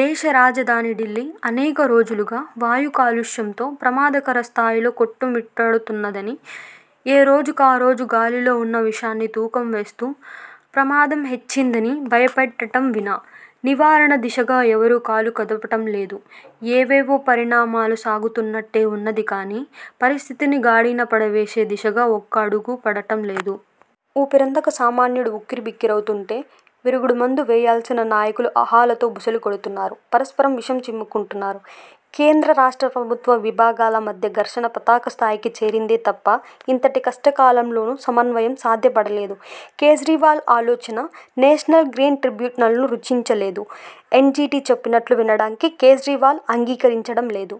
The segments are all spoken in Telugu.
దేశ రాజధాని ఢిల్లీ అనేక రోజులుగా వాయు కాలుష్యంతో ప్రమాదకర స్థాయిలో కొట్టుమిట్టాడుతున్నది. ఏరోజుకారోజు గాలిలో ఉన్న విషాన్ని తూకం వేస్తూ, ప్రమాదం హెచ్చిందని భయపెట్టడం వినా నివారణ దిశగా ఎవరూ కాలు కదపడం లేదు. ఏవేవో పరిణామాలు సాగుతున్నట్టే ఉన్నది కానీ, పరిస్థితిని గాడినపడవేసే దిశగా ఒక్క అడుగూ పడటం లేదు. ఊపిరందక సామాన్యుడు ఉక్కిరిబిక్కిరవుతుంటే, విరుగుడు మందు వేయాల్సిన నాయకులు అహాలతో బుసలుకొడుతున్నారు. పరస్పరం విషం చిమ్ముకుంటున్నారు. కేంద్ర, రాష్ట్ర ప్రభుత్వ విభాగాల మధ్య ఘర్షణ పతాకస్థాయికి చేరిందే తప్ప, ఇంతటి కష్టకాలంలోనూ సమన్వయం సాధ్యపడలేదు. కేజ్రీవాల్ ఆలోచన నేషనల్ గ్రీన్ ట్రిబ్యునల్కు రుచించ లేదు. ఎన్జీటీ చెప్పినట్టు వినడానికి కేజ్రీవాల్ అంగీకరించడం లేదు.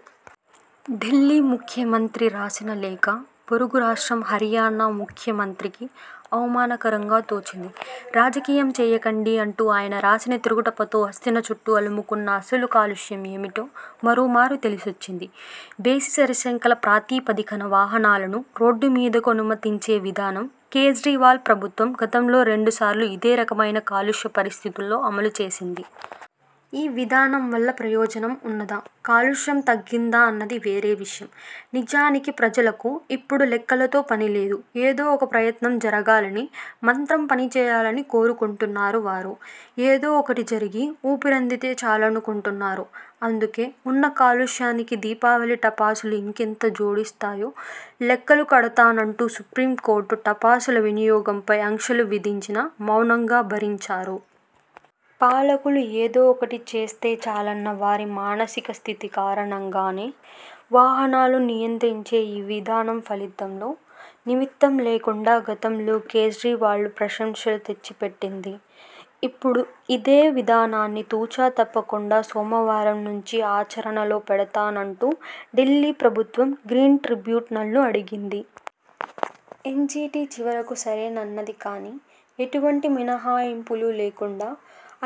ఢిల్లీ ముఖ్యమంత్రి రాసిన లేఖ పొరుగు రాష్ట్రం హర్యానా ముఖ్యమంత్రికి అవమానకరంగా తోచింది. రాజకీయం చేయకండి అంటూ ఆయన రాసిన తిరుగుటపాతో హస్తిన చుట్టూ అలుముకున్న అసలు కాలుష్యం ఏమిటో మరోమారు తెలిసొచ్చింది. బేసి, సరిసంఖ్యల ప్రాతిపదికన వాహనాలను రోడ్డుమీదకు అనుమతించే విధానం కేజ్రీవాల్ ప్రభుత్వం గతంలో రెండుసార్లు ఇదేరకమైన కాలుష్య పరిస్థితుల్లో అమలుచేసింది. ఈ విధానం వల్ల ప్రయోజనం ఉన్నదా, కాలుష్యం తగ్గిందా అన్నది వేరే విషయం. నిజానికి ప్రజలకు ఇప్పుడు లెక్కలతో పనిలేదు. ఏదోఒక ప్రయత్నం జరగాలనీ, మంత్రం పనిచేయాలనీ కోరుకుంటున్నారు వారు. ఏదో ఒకటి జరిగి ఊపిరి అందితే చాలనుకుంటున్నారు. అందుకే, ఉన్న కాలుష్యానికి దీపావళి టపాసులు ఇంకెంత జోడిస్తాయో లెక్కలు కడతానంటూ సుప్రీంకోర్టు టపాసుల వినియోగంపై అంక్షలు విధించినా మౌనంగా భరించారు. పాలకులు ఏదో ఒకటి చేస్తే చాలన్న వారి మానసికస్థితి కారణంగానే, వాహనాలను నియంత్రించే ఈ విధానం ఫలితంతో నిమిత్తం లేకుండా గతంలో కేజ్రీవాల్కు ప్రశంసలు తెచ్చిపెట్టింది. ఇప్పుడూ అదే విధానాన్ని తూచ తప్పకుండా సోమవారం నుంచి ఆచరణలో పెడతానంటూ ఢిల్లీ ప్రభుత్వం గ్రీన్ ట్రిబ్యునల్ను అడిగింది. ఎన్జీటీ చివరకు సరేనన్నది కానీ, ఎటువంటి మినహాయింపులూ లేకుండా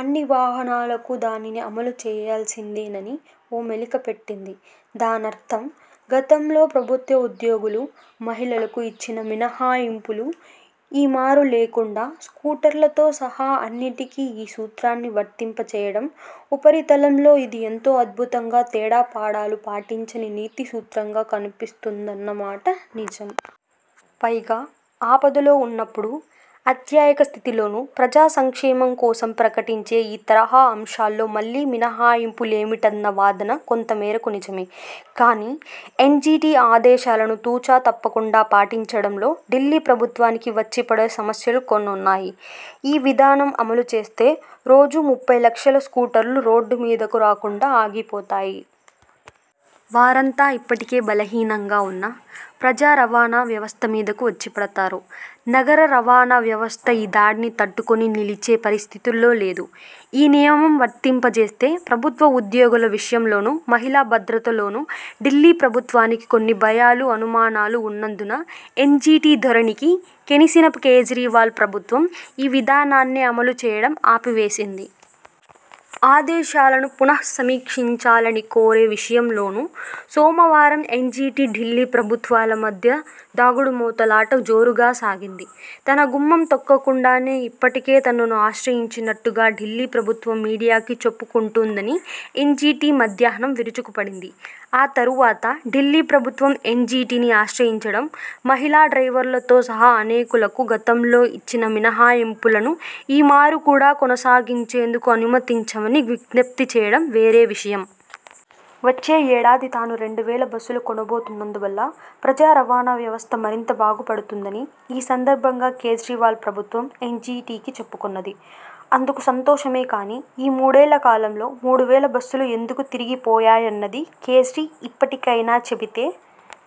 అన్నివాహనాలకు దానిని అమలు చేయాల్సిందేనని ఓ మెలికపెట్టింది. దానర్థం గతంలో ప్రభుత్వోద్యోగులు, మహిళలకు ఇచ్చిన మినహాయింపులు ఈ మారు లేకుండా, స్కూటర్లతో సహా అన్నింటికీ ఈ సూత్రాన్ని వర్తింపచేయడం. ఉపరితలంలో ఇది ఎంతో అద్భుతంగా, తేడాపాడాలు పాటించని నీతిసూత్రంగానూ కనిపిస్తున్నమాట నిజం. పైగా ఆపదలో ఉన్నప్పుడూ, అత్యయిక స్థితిలోనూ ప్రజాసంక్షేమం కోసం ప్రకటించే ఈ తరహా ఆంక్షల్లో మళ్ళీ మినహాయింపులేమిటన్న వాదన కొంతమేరకు నిజమే. కానీ, ఎన్జీటీ ఆదేశాలను తూచ తప్పకుండా పాటించడంలో ఢిల్లీ ప్రభుత్వానికి వచ్చిపడే సమస్యలు కొన్ని ఉన్నాయి. ఈ విధానం అమలుచేస్తే, రోజూ ముప్పైలక్షల స్కూటర్లు రోడ్డుమీదకు రాకుండా ఆగిపోతాయి. వారంతా ఇప్పటికే బలహీనంగా ఉన్న ప్రజారవాణా వ్యవస్థమీదకు వచ్చిపడతారు. నగర రవాణావ్యవస్థ ఈ దాడిని తట్టుకొని నిలిచే పరిస్థితిలో లేదు. ఈ నియమం వర్తింపచేస్తే ప్రభుత్వోద్యోగుల విషయంలోనూ, మహిళాభద్రతలోనూ ఢిల్లీ ప్రభుత్వానికి కొన్ని భయాలూ అనుమానాలూ ఉన్నందున ఎన్జీటీ ధోరణికి కినిసిన కేజ్రీవాల్ ప్రభుత్వం ఈ విధానాన్నే అమలుచేయడం ఆపివేసింది. ఆదేశాలను పునఃసమీక్షించాలని కోరే విషయంలోనూ సోమవారం ఎన్జీటీ, ఢిల్లీ ప్రభుత్వాల మధ్య దాగుడుమూతలాట జోరుగా సాగింది. తన గుమ్మం తొక్కకుండానే ఇప్పటికే తనను ఆశ్రయించినట్టుగా ఢిల్లీ ప్రభుత్వం మీడియాకు చెప్పుకుంటున్నదని ఎన్జీటీ మధ్యాహ్నం విరుచుకుపడింది. ఆ తరువాత ఢిల్లీ ప్రభుత్వం ఎన్జీటీని ఆశ్రయించడం, మహిళా డ్రైవర్లతో సహా అనేకులకు గతంలో ఇచ్చిన మినహాయింపులను ఈ మారు కూడా కొనసాగించేందుకు అనుమతించమని విజ్ఞప్తిచేయడం వేరే విషయం. వచ్చే ఏడాది తాను రెండువేల బస్సులు కొనబోతున్నందువల్ల ప్రజారవాణావ్యవస్థ మరింత బాగుపడుతుందని ఈ సందర్భంగా కేజ్రీవాల్ ప్రభుత్వం ఎన్జీటీకి చెప్పుకున్నది. అందుకు సంతోషమే కానీ, ఈ మూడేళ్ళకాలంలో మూడువేల బస్సులు ఎందుకు తి రిగిపోయాయన్నది కేజ్రీ ఇప్పటికైనా చెబితే